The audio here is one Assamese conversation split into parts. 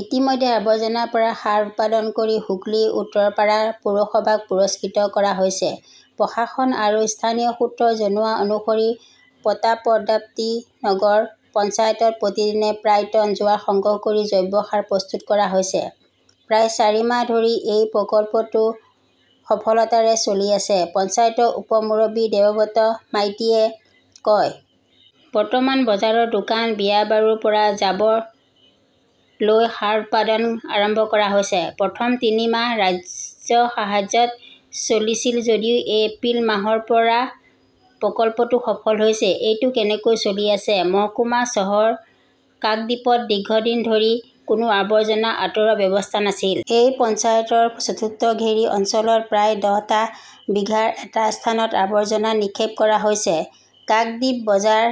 ইতিমধ্যে আবৰ্জনাৰ পৰা সাৰ উৎপাদন কৰি হুগলীৰ উত্তৰপাৰা পৌৰসভাক পুৰস্কৃত কৰা হৈছে। প্ৰশাসন আৰু স্থানীয় সূত্ৰই জনোৱা অনুসৰি প্ৰতাপাদিত্যনগৰ পঞ্চায়তত প্ৰতিদিনে প্ৰায় টন জোৱাৰ সংগ্ৰহ কৰি জৈৱ সাৰ প্ৰস্তুত কৰা হৈছে। প্ৰায় চাৰি মাহ ধৰি এই প্ৰকল্পটো সফলতাৰে চলি আছে, পঞ্চায়তৰ উপ-মুৰব্বী দেবব্ৰত মাইতীয়ে কয়। বৰ্তমান বজাৰৰ দোকান, বিয়াবাৰুৰ পৰা জাবৰ লৈ সাৰ উৎপাদন আৰম্ভ কৰা হৈছে। প্ৰথম তিনি মাহ ৰাজ্যসাহায্যত চলিছিল যদিও এপ্ৰিল মাহৰ পৰা প্ৰকল্পটো সফল হৈছে। এইটো কেনেকৈ চলি আছে? মহকুমা চহৰ কাকদ্বীপত দীৰ্ঘদিন ধৰি কোনো আৱৰ্জনা আঁতৰোৱাৰ ব্যৱস্থা নাছিল। এই পঞ্চায়তৰ চতুৰ্থ ঘেৰি অঞ্চলত প্ৰায় দহ টা বিঘাৰ এটা স্থানত আৱৰ্জনা নিক্ষেপ কৰা হৈছে। কাক্দীপ বজাৰ,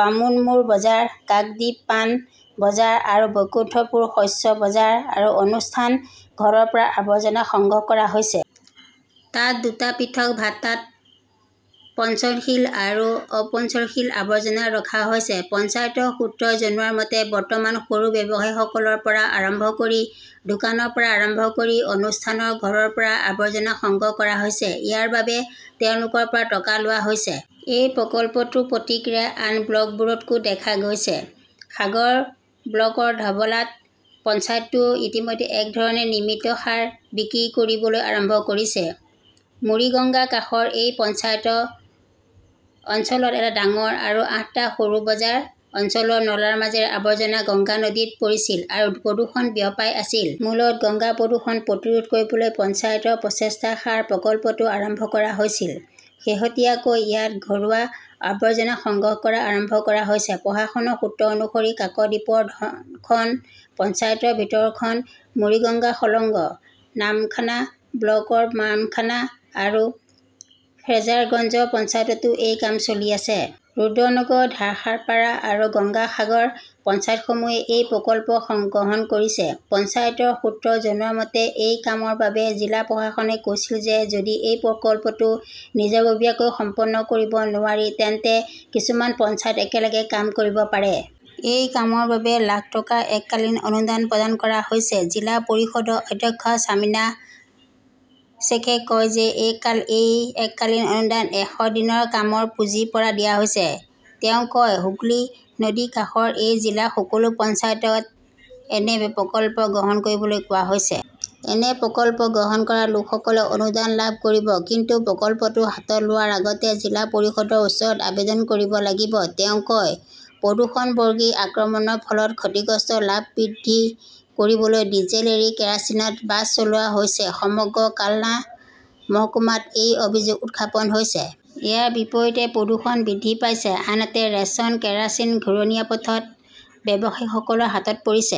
বামুৰ মোৰ বজাৰ, কাক্দীপ পান বজাৰ আৰু বৈকুণ্ঠপুৰ শস্য বজাৰ আৰু অনুষ্ঠান ঘৰৰ পৰা আৱৰ্জনা সংগ্ৰহ কৰা হৈছে। তাত দুটা পৃথক ভাটাত পনচনশীল আৰু অপনচনশীল আৱৰ্জনা ৰখা হৈছে। পঞ্চায়তৰ সূত্ৰই জনোৱা মতে, বৰ্তমান সৰু ব্যৱসায়ীসকলৰ পৰা আৰম্ভ কৰি দোকানৰ পৰা আৰম্ভ কৰি অনুষ্ঠানৰ ঘৰৰ পৰা আৱৰ্জনা সংগ্ৰহ কৰা হৈছে। ইয়াৰ বাবে তেওঁলোকৰ পৰা টকা লোৱা হৈছে। এই প্ৰকল্পটোৰ প্ৰতিক্ৰিয়া আন ব্লকবোৰতো দেখা গৈছে। সাগৰ ব্লকৰ ধবলাত পঞ্চায়তটোৱেও ইতিমধ্যে একে ধৰণে নিৰ্মিত সাৰ বিক্ৰী কৰিবলৈ আৰম্ভ কৰিছে। মুৰিগঙ্গাৰ কাষৰ এই পঞ্চায়ত অঞ্চলত এটা ডাঙৰ আৰু আঠটা সৰু বজাৰ অঞ্চলৰ নলাৰ মাজেৰে আৱৰ্জনা গংগা নদীত পৰিছিল আৰু প্ৰদূষণ বিয়পাই আছিল। মূলতঃ গংগা প্ৰদূষণ প্ৰতিৰোধ কৰিবলৈ পঞ্চায়তৰ প্ৰচেষ্টাত সাৰ প্ৰকল্পটো আৰম্ভ কৰা হৈছিল। শেহতীয়াকৈ ইয়াত ঘৰুৱা আৱৰ্জনা সংগ্ৰহ কৰা আৰম্ভ কৰা হৈছে। প্ৰশাসনৰ সূত্ৰ অনুসৰি কাকদ্বীপৰ খ খন পঞ্চায়তৰ ভিতৰত খন মুৰিগঙ্গা-সলঙগ্ন। নামখানা ব্লকৰ নামখানা আৰু ফ্ৰেজাৰগঞ্জ পঞ্চায়ততো এই কাম চলি আছে। ৰুদ্ৰনগৰ, ধাসাপাৰা আৰু গংগা সাগৰ পঞ্চায়তসমূহে এই প্ৰকল্প স গ্ৰহণ কৰিছে। পঞ্চায়তৰ সূত্ৰই জনোৱা মতে, এই কামৰ বাবে জিলা প্ৰশাসনে কৈছিল যে যদি এই প্ৰকল্পটো নিজাববীয়াকৈ সম্পন্ন কৰিব নোৱাৰি তেন্তে কিছুমান পঞ্চায়ত একেলগে কাম কৰিব পাৰে। এই কামৰ বাবে লাখ টকাৰ এককালীন অনুদান প্ৰদান কৰা হৈছে। জিলা পৰিষদৰ অধ্যক্ষ শ্বামিনা শ্বেইখে কয় যে এক এই এককালীন অনুদান এশ দিনৰ কামৰ পুঁজিৰ পৰা দিয়া হৈছে। তেওঁ কয়, হুগলী নদীৰ কাষৰ এই জিলা সকলো পঞ্চায়তক এনে বি প্ৰকল্প গ্ৰহণ কৰিবলৈ কোৱা হৈছে। এনে প্ৰকল্প গ্ৰহণ কৰা লোকসকলে অনুদান লাভ কৰিব। কিন্তু প্ৰকল্পটো হাতত লোৱাৰ আগতে জিলা পৰিষদৰ ওচৰত আবেদন কৰিব লাগিব, তেওঁ কয়। প্ৰদূষণ-বৰ্গীৰ আক্ৰমণৰ ফলত ক্ষতিগ্ৰস্ত লাভ বৃদ্ধি কৰিবলৈ ডিজেল এৰি কেৰোচিনত বাছ চলোৱা হৈছে-সমগ্ৰ কালনা মহকুমাত এই অভিযোগ উত্থাপন হৈছে। ইয়াৰ বিপৰীতে প্ৰদূষণ বৃদ্ধি পাইছে, আনহাতে ৰেচন কেৰোচিন ঘূৰণীয়া পথত ব্যৱসায়ীসকলৰ হাতত পৰিছে।